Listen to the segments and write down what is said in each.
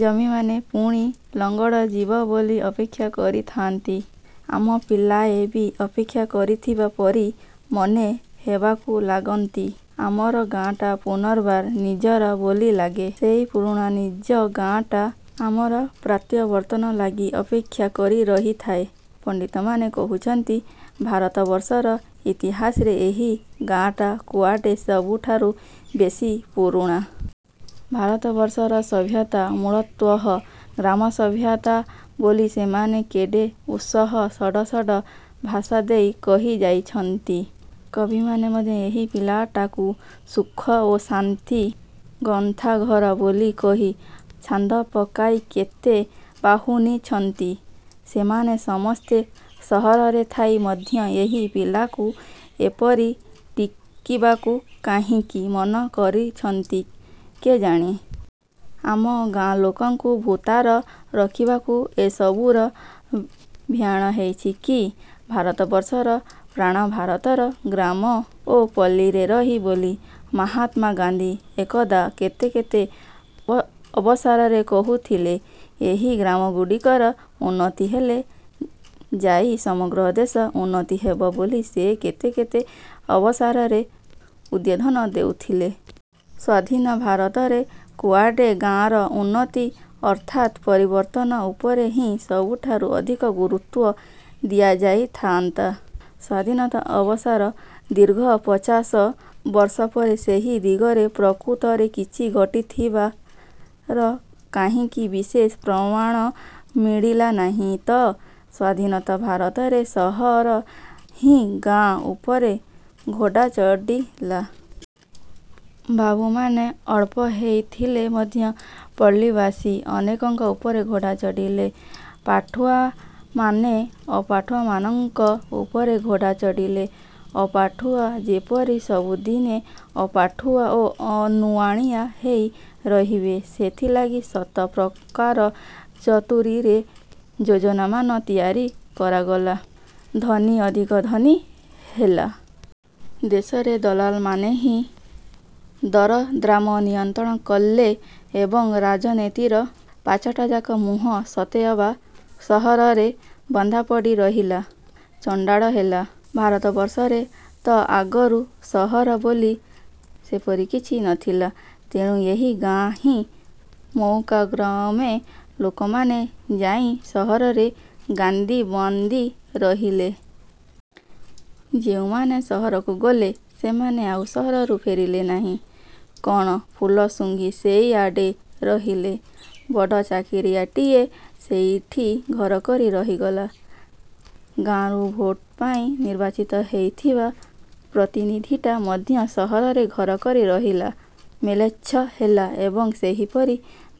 ଜମିମାନେ ପୁଣି ଲଙ୍ଗଳ ଯିବ ବୋଲି ଅପେକ୍ଷା କରିଥାନ୍ତି, ଆମ ପିଲାଏ ବି ଅପେକ୍ଷା କରିଥିବା ପରି ମନେ ହେବାକୁ ଲାଗନ୍ତି। ଆମର ଗାଆଁଟା ପୁନର୍ବାର ନିଜର ବୋଲି ଲାଗେ, ସେଇ ପୁରୁଣା ନିଜ ଗାଆଁଟା, ଆମର ପ୍ରତ୍ୟାବର୍ତ୍ତନ ଲାଗି ଅପେକ୍ଷା କରି ରହିଥାଏ। ପଣ୍ଡିତମାନେ କହୁଛନ୍ତି, ଭାରତବର୍ଷର ଇତିହାସରେ ଏହି ଗାଆଁଟା କୁଆଡ଼େ ସବୁଠାରୁ ବେଶୀ ପୁରୁଣା। ଭାରତବର୍ଷର ସଭ୍ୟତା ମୂଳତଃ ଗ୍ରାମସଭ୍ୟତା ବୋଲି ସେମାନେ କେଡ଼େ ଉତ୍ସାହ-ସଡ଼ସଡ଼ ଭାଷା ଦେଇ କହିଯାଇଛନ୍ତି। କବିମାନେ ମଧ୍ୟ ଏହି ପଲ୍ଲୀଟାକୁ ସୁଖ ଓ ଶାନ୍ତିର ଗନ୍ତାଘର ବୋଲି କହି ଛାନ୍ଦ ପକାଇ କେତେ ବାହୁନିଛନ୍ତି। ସେମାନେ ସମସ୍ତେ ସହରରେ ଥାଇ ମଧ୍ୟ ଏହି ପଲ୍ଲୀକୁ ଏପରି ଟେକିବାକୁ କାହିଁକି ମନ କରିଛନ୍ତି କେଜାଣି? ଆମ ଗାଆଁଲୋକଙ୍କୁ ଭୂତାଇ ରଖିବାକୁ ଏସବୁର ଭିଆଣ ହୋଇଛି କି? ଭାରତବର୍ଷର ପ୍ରାଣ ଭାରତର ଗ୍ରାମ ଓ ପଲ୍ଲୀରେ ରହିଛି ବୋଲି ମହାତ୍ମା ଗାନ୍ଧୀ ଏକଦା କେତେ କେତେ ଅବସରରେ କହୁଥିଲେ। ଏହି ଗ୍ରାମଗୁଡ଼ିକର ଉନ୍ନତି ହେଲେ ଯାଇ ସମଗ୍ର ଦେଶର ଉନ୍ନତି ହେବ ବୋଲି ସେ କେତେ କେତେ ଅବସରରେ ଉଦ୍ବୋଧନ ଦେଉଥିଲେ। ସ୍ୱାଧୀନ ଭାରତବର୍ଷରେ କୁଆଡ଼େ ଗାଆଁର ଉନ୍ନତି ଅର୍ଥାତ୍ ପରିବର୍ତ୍ତନ ଉପରେ ହିଁ ସବୁଠାରୁ ଅଧିକ ଗୁରୁତ୍ୱ ଦିଆଯାଇଥାନ୍ତା। ସ୍ଵାଧୀନତା ଆସିବାର ଦୀର୍ଘ ପଚାଶ ବର୍ଷ ପରେ ସେହି ଦିଗରେ ପ୍ରକୃତରେ କିଛି ଘଟିଥିବାର କାହିଁ ବିଶେଷ ପ୍ରମାଣ ମିଳିଲା ନାହିଁ ତ? ସ୍ୱାଧୀନ ଭାରତରେ ସହର ହିଁ ଗାଁ ଉପରେ ଘୋଡ଼ା ଚଢ଼ିଲା। ବାବୁମାନେ ଅଳପ ହୋଇଥିଲେ ମଧ୍ୟ ପଲ୍ଲୀବାସୀ ଅନେକଙ୍କ ଉପରେ ଘୋଡ଼ା ଚଢ଼ିଲେ। ପାଠୁଆମାନେ ଅପାଠୁଆମାନଙ୍କ ଉପରେ ଘୋଡ଼ା ଚଢ଼ିଲେ। ଅପାଠୁଆ ଯେପରି ସବୁଦିନେ ଅପାଠୁଆ ଓ ନୁଆଁଣିଆ ହୋଇ ରହିବେ, ସେଥିଲାଗି ସତର ପ୍ରକାର ଚାତୁରୀରେ ଯୋଜନାମାନ ତିଆରି କରାଗଲା। ଧନୀ ଅଧିକ ଧନୀ ହେଲା। ଦେଶରେ ଦଲାଲମାନେ ହିଁ ଦରଦାମ୍ର ନିୟନ୍ତ୍ରଣ କଲେ ଏବଂ ରାଜନୀତିର ପାଂଚଟାଯାକ ମୁହଁ ସତେଅବା ସହରରେ ବନ୍ଧାପଡ଼ି ରହିଲା। ଚଣ୍ଡାଳ ହେଲା। ଭାରତବର୍ଷରେ ତ ଆଗରୁ ସହର ବୋଲି ସେପରି କିଛି ନଥିଲା। ତେଣୁ ଏହି ଗାଁରୁ ହିଁ ମଉକାକ୍ରମେ ଲୋକମାନେ ଯାଇ ସହରରେ ଗାଦୀ ବାନ୍ଧି ରହିଲେ। ଯେଉଁମାନେ ସହରକୁ ଗଲେ, ସେମାନେ ଆଉ ସହରରୁ ଫେରିଲେ ନାହିଁ। କ'ଣ ଫୁଲ ସୁଂଘି ସେଇଆଡ଼େ ରହିଲେ। ବଡ଼ ଚାକିରିଆଟିଏ ସେଇଠି ଘର କରି ରହିଲା। ଗାଆଁରୁ ଭୋଟ ପାଇ ନିର୍ବାଚିତ ହୋଇଥିବା ପ୍ରତିନିଧିଟା ମଧ୍ୟ ସହରରେ ଘର କରି ରହିଲା, ମ୍ଲେଚ୍ଛ ହେଲା ଏବଂ ଏହିପରି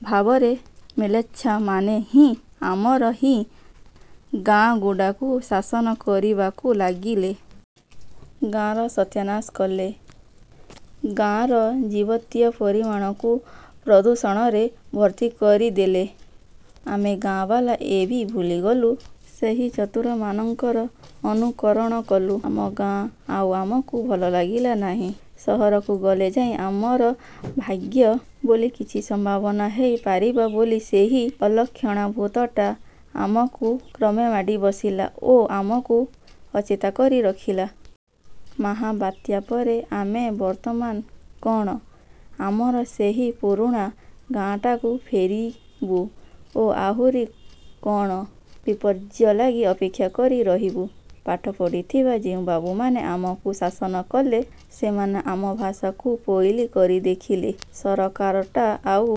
ଭାବରେ ମ୍ଲେଚ୍ଛମାନେ ହିଁ ଆମର ଏହି ଗାଆଁଗୁଡ଼ାକୁ ଶାସନ କରିବାକୁ ଲାଗିଲେ। ଗାଆଁର ସତ୍ୟାନାଶ କଲେ। ଗାଆଁର ଯାବତୀୟ ପରିମଳକୁ ପ୍ରଦୂଷଣରେ ଭର୍ତ୍ତି କରି। ଦେଲେ। ଆମେ ଗାଆଁବାଲାଏ ବି ଭୁଲି ଗଲୁ। ସେହି ଚତୁରମାନଙ୍କର ଅନୁକରଣ କଲୁ। ଆମ ଗାଆଁ ଆଉ ଆମକୁ ଭଲ ଲାଗିଲା ନାହିଁ। ସହରକୁ ଗଲେ ଯାଇ ଆମର ଭାଗ୍ୟ ବୋଲି କିଛି ସମ୍ଭବ ହୋଇ ପାରିବ ବୋଲି ସେହି ଅଲକ୍ଷଣା ଭୂତଟା ଆମକୁ କ୍ରମେ ମାଡ଼ି ବସିଲା ଓ ଆମକୁ ଅଚେତା କରି ରଖିଲା। ମହାବାତ୍ୟା ପରେ ଆମେ ବର୍ତ୍ତମାନ କ'ଣ ଆମର ସେହି ପୁରୁଣା ଗାଆଁଟାକୁ ଫେରିବୁ ଓ ଆହୁରି କ'ଣ ବିପର୍ଯ୍ୟୟ ଲାଗି ଅପେକ୍ଷା କରି ରହିବୁ? ପାଠ ପଢ଼ିଥିବା ଯେଉଁ ବାବୁମାନେ ଆମକୁ ଶାସନ କଲେ, ସେମାନେ ଆମ ଭାଷାକୁ ପୋଇଲୀ କରି ଦେଖିଲେ। ସରକାରଟା ଆଉ